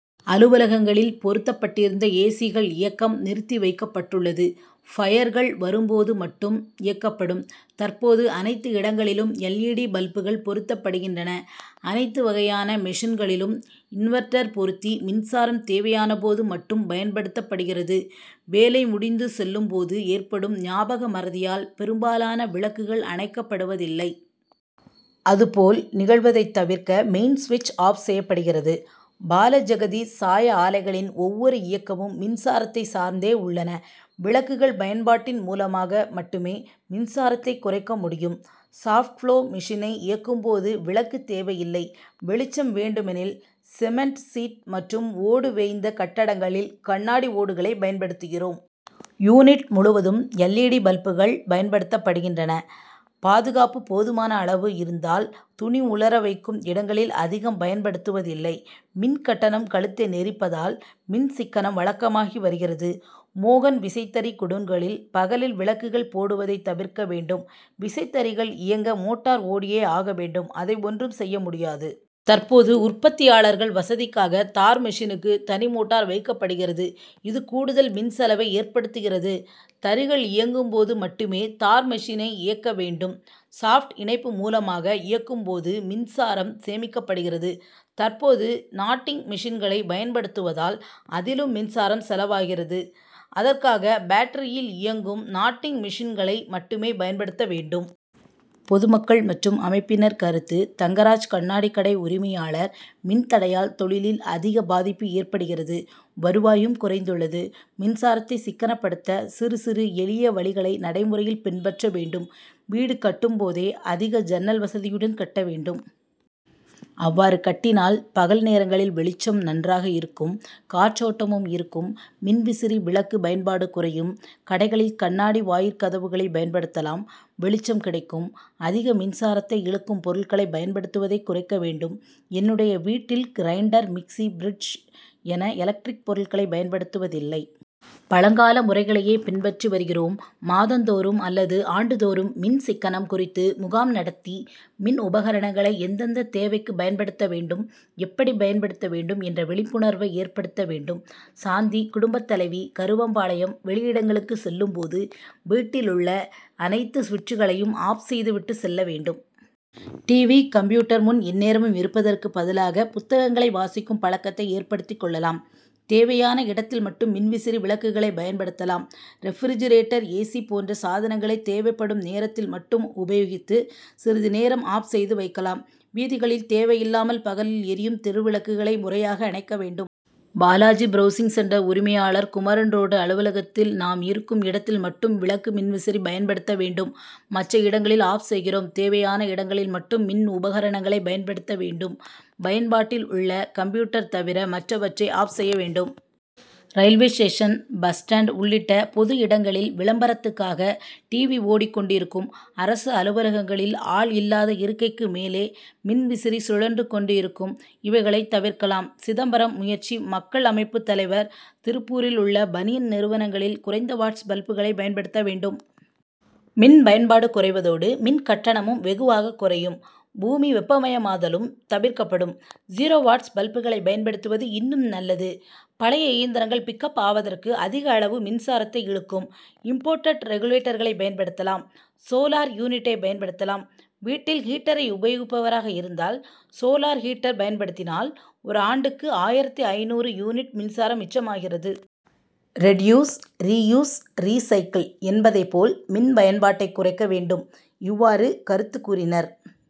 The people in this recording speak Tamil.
அலுவலகங்களில் பொருத்தப் பட் டிருந்த ஏசிகள் இயக்கம் நிறுத்தி வைக்கப்பட்டுள்ளது. பையர்கள் வரும்போது மட்டும் இயக்கப்படும். தற்போது அனைத்து இடங்களிலும் எல். இ. டி.பல்புகள் பொருத்தப்படுகின்றன. அனைத்து வகையான மெஷின்களிலும் இன்வெர்ட்டர் பொருத்தி மின்சாரம் தேவையான போது மட்டும் பயன்படுத்தப்படுகிறது. வேலை முடிந்துசெல்லும் போது ஏற்படும் ஞாபக மறதியால் பெரும்பாலான விளக்குகள் அணைக்கப்படுவதில்லை. அதுபோல் நிகழ்வதை தவிர்க்க மெயின் சுவிட்ச் ஆப் செய்யப்படுகிறது. பாலஜெகதீஷ் சாய ஆலைகளின் ஒவ்வொரு இயக்கமும் மின்சாரத்தை சார்ந்தே உள்ளன. விளக்குகள் பயன்பாட் டின் மூலமாக மட்டுமே மின்சாரத்தை குறைக்க முடியும். சாப்ட் ப்ளோ மெஷினை இயக்கும் போது விளக்கு தேவையில்லை. வெளிச்சம் வேண்டுமெனில் சிமென்ட் சீட் மற்றும் ஓடு வேய்ந்த கட்டடங்களில் கண்ணாடி ஓடுகளை பயன்படுத்துகிறோம். யூனிட் முழுவதும் எல். இ. டி.பல்புகள் பயன்படுத்தப்படுகின்றன. பாதுகாப்பு போதுமான அளவு இருந்தால் துணி உலர வைக்கும் இடங்களில் அதிகம் பயன்படுத்துவதில்லை. மின்கட்டணம் கழுத்தை நெரிப்பதால் மின் சிக்கனம் வழக்கமாகி வருகிறது. மோகன் விசைத்தறி குடோன்களில் பகலில் விளக்குகள் போடுவதை தவிர்க்க வேண்டும். விசைத்தறிகள் இயங்க மோட்டார் ஓடியே ஆக வேண்டும் அதை ஒன்றும் செய்ய முடியாது. தற்போது உற்பத்தியாளர்கள் வசதிக்காக தார்மெஷினுக்கு தனிமோட்டார் வைக்கப்படுகிறது. இது கூடுதல் மின்செலவை ஏற்படுத்துகிறது. தறிகள் இயங்கும் போது மட்டுமே தார் மெஷினை இயக்க வேண்டும். ஷாப்ட் இணைப்பு மூலமாக இயக்கும் போது மின்சாரம் சேமிக்கப்படுகிறது. தற்போது நாட்டிங் மெஷின்களை பயன்படுத்துவதால் அதிலும் மின்சாரம் செலவாகிறது. அதற்காக பேட்டரியில் இயங்கும் நாட்டிங் மெஷின்களை மட்டுமே பயன்படுத்த வேண்டும். பொதுமக்கள் மற்றும் அமைப்பினர் கருத்து தங்கராஜ் கண்ணாடி கடை உரிமையாளர் மின் தடையால் தொழிலில் அதிக பாதிப்பு ஏற்படுகிறது வருவாயும் குறைந்துள் ளது. மின்சாரத்தை சிக்கனப்படுத்த சிறு சிறு எளிய வழிகளை நடைமுறையில் பின்பற்ற வேண்டும். வீடு கட்டும் போதே அதிக ஜன்னல் வசதியுடன் கட்ட வேண்டும். அவ்வாறு கட்டினால் பகல் நேரங்களில் வெளிச்சம் நன்றாக இருக்கும் காற்றோட்டமும் இருக்கும். மின்விசிறி விளக்கு பயன்பாடு குறையும். கடைகளில் கண்ணாடி வாயிற்கதவுகளை பயன்படுத்தலாம் வெளிச்சம் கிடைக்கும். அதிக மின்சாரத்தை இழுக்கும் பொருட்களை பயன்படுத்துவதை குறைக்க வேண்டும். என்னுடைய வீட்டில் கிரைண்டர், மிக்ஸி, பிரிட்ஜ் என எலக்ட்ரிக் பொருட்களை பயன்படுத்துவதில்லை. பழங்கால முறைகளையே பின்பற்றி வருகிறோம். மாதந்தோறும் அல்லது ஆண்டுதோறும் மின் சிக்கனம் குறித்து முகாம் நடத்தி மின் உபகரணங்களை எந்தெந்த தேவைக்கு பயன்படுத்த வேண்டும் எப்படி பயன்படுத்த வேண்டும் என்ற விழிப்புணர்வை ஏற்படுத்த வேண்டும். சாந்தி குடும்ப தலைவி கருவம்பாளையம் வெளியிடங்களுக்கு செல்லும் போது வீட்டில் உள்ள அனைத்து சுவிட்சுகளையும் ஆப் செய்து விட்டுச் செல்ல வேண்டும். டிவி, கம்ப்யூட்டர் முன் எந்நேரமும் இருப்பதற்கு பதிலாக புத்தகங்களை வாசிக்கும் பழக்கத்தை ஏற்படுத்திக் கொள்ளலாம். தேவையான இடத்தில் மட்டும் மின்விசிறி விளக்குகளை பயன்படுத்தலாம். Refrigerator A. சி. போன்ற சாதனங்களை தேவைப்படும் நேரத்தில் மட்டும் உபயோகித்து சிறிது நேரம் ஆப் செய்து வைக்கலாம். வீதிகளில் தேவை இல்லாமல் பகலில் எரியும் தெருவிளக்குகளை முறையாக அணைக்க வேண்டும். பாலாஜி பிரவுசிங் சென்டர் உரிமையாளர் குமரன் ரோடு அலுவலகத்தில் நாம் இருக்கும் இடத்தில் மட்டும் விளக்கு மின்விசிறி பயன்படுத்த வேண்டும் மற்ற இடங்களில் ஆப் செய்கிறோம். தேவையான இடங்களில் மட்டும் மின் உபகரணங்களை பயன்படுத்த வேண்டும். பயன்பாட்டில் உள்ள கம்ப்யூட்டர் தவிர மற்றவற்றை ஆப் செய்ய வேண்டும். ரயில்வே ஸ்டேஷன் பஸ் ஸ்டாண்ட் உள்ளிட்ட பொது இடங்களில விளம்பரத்துக்காக டிவி ஓடிக்கொண்டிருக்கும். அரசு அலுவலகங்களில் ஆள் இல்லாத இருக்கைக்கு மேலே மின் விசிறி சுழன்று கொண்டிருக்கும். இவைகளை தவிர்க்கலாம். சிதம்பரம் முயற்சி மக்கள் அமைப்பு தலைவர் திருப்பூரில் உள்ள பனியன் நிறுவனங்களில் குறைந்த வாட்ஸ் பல்புகளை பயன்படுத்த வேண்டும். மின் பயன்பாடு குறைவதோடு மின் கட்டணமும் வெகுவாக குறையும். பூமி வெப்பமயமாதலும் தவிர்க்கப்படும். ஜீரோ வாட்ஸ் பல்புகளை பயன்படுத்துவது இன்னும் நல்லது. பழைய இயந்திரங்கள் பிக் அப் ஆவதற்கு அதிக அளவு மின்சாரத்தை இழுக்கும் இம்போர்ட்டட் ரெகுலேட்டர்களை பயன்படுத்தலாம். சோலார் யூனிட்டை பயன்படுத்தலாம். வீட்டில் ஹீட்டரை உபயோகிப்பவராக இருந்தால் சோலார் ஹீட்டர் பயன்படுத்தினால் ஓராண்டுக்கு ஆயிரத்து ஐநூறு யூனிட் மின்சாரம் மிச்சமாகிறது. ரெடியூஸ் ரீயூஸ் ரீசைக்கிள் என்பதை போல் மின் பயன்பாட்டை குறைக்க வேண்டும். இவ்வாறு கருத்து கூறினர்.